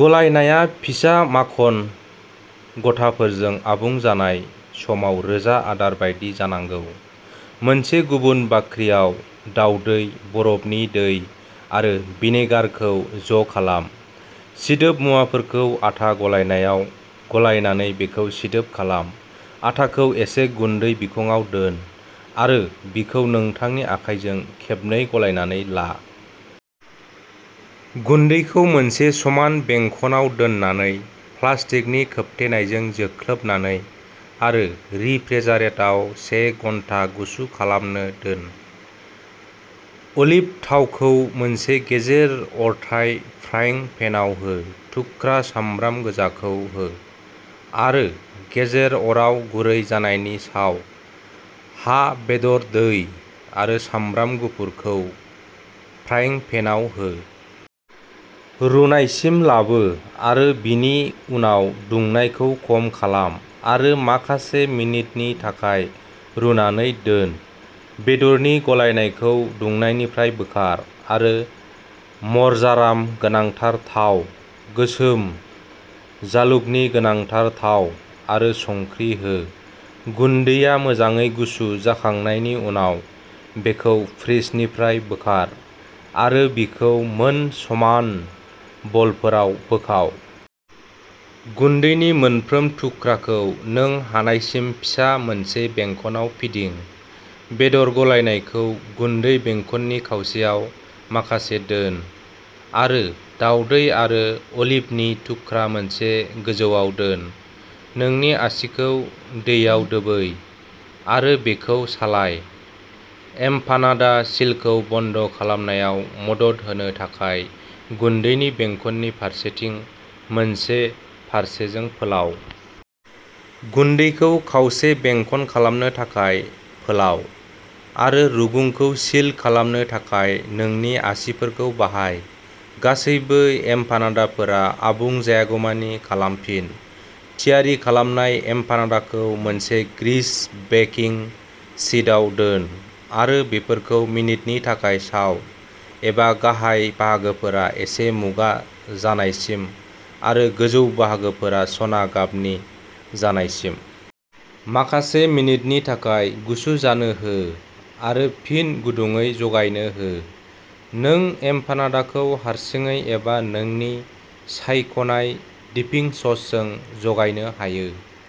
गलायनाया फिसा माखन गथाफोरजों आबुं जानाय समाव रोजा आदार बायदि जानांगौ। मोनसे गुबुन बाख्रियाव, दावदै, बरफनि दै आरो भिनेगारखौ ज'खालाम। सिदोब मुवाफोरखौ आटा गलायनायाव गलायनानै बेखौ सिदोब खालाम। आटाखौ एसे गुन्दै बिखंआव दोन, आरो बेखौ नोंथांनि आखाइजों खेबनै गलायनानै ला। गुन्दैखौ मोनसे समान बेंखनआव दोननानै, प्लास्टिकनि खोबथेनायजों जोख्लोबनानै, आरो रेफ्रिजारेटाराव से घन्टा गुसु खालामनो दोन। अलिभ थावखौ मोनसे गेजेर-अरथाय फ्राइं पेनआव हो। थुख्रा सामब्राम गोजाखौ हो, आरो गेजेर अराव गुरै जानायसिम साव। हा-बेदर, दै आरो सामब्राम गुफुरखौ फ्राइं पेनआव हो। रुनायसिम लाबो, आरो बेनि उनाव दुंनायखौ खम खालाम आरो माखासे मिनिटनि थाखाय रुनानै दोन। बेदरनि गलायनायखौ दुंनायनिफ्राय बोखार, आरो मार्जराम गोनांथार थाव, गोसोम जालुगनि गोनांथार थाव आरो संख्रि हो। गुन्दैआ मोजाङै गुसु जाखांनायनि उनाव, बेखौ फ्रिजनिफ्राय बोखार आरो बेखौ मोन समान बलफोराव बोखाव। गुन्दैनि मोनफ्रोम थुख्राखौ नों हानायसिम फिसा मोनसे बेंखनआव फिदिं। बेदर गलायनायखौ गुन्दै बेंखननि खावसेयाव माखासे दोन, आरो दावदै आरो अलिभनि थुख्रा मोनसे गोजौआव दोन। नोंनि आसिखौ दैयाव दोबै आरो बेखौ सालाय। एमपानादा सिलखौ बन्द खालामनायाव मदद होनो थाखाय गुन्दैनि बेंखननि फारसेथिं मोनसे फारसेजों फोलाव। गुन्दैखौ खावसे बेंखन खालामनो थाखाय फोलाव, आरो रुगुंखौ सिल खालामनो थाखाय नोंनि आसिफोरखौ बाहाय। गासैबो एमपानादाफोरा आबुं जायागौमानि खालामफिन। थियारि खालामनाय एमपानादाखौ मोनसे ग्रीस बेकिं शीटआव दोन, आरो बेफोरखौ मिनिटनि थाखाय साव, एबा गाहाय बाहागोफोरा एसे मुगा जानायसिम आरो गोजौ बाहागोफोरा सना गाबनि जानायसिम। माखासे मिनिटनि थाखाय गुसु जानो हो आरो फिन गुदुंयै जगायनो हो। नों एमपानादाखौ हारसिङै एबा नोंनि सायख'नाय डिपिं ससजों जगायनो हायो।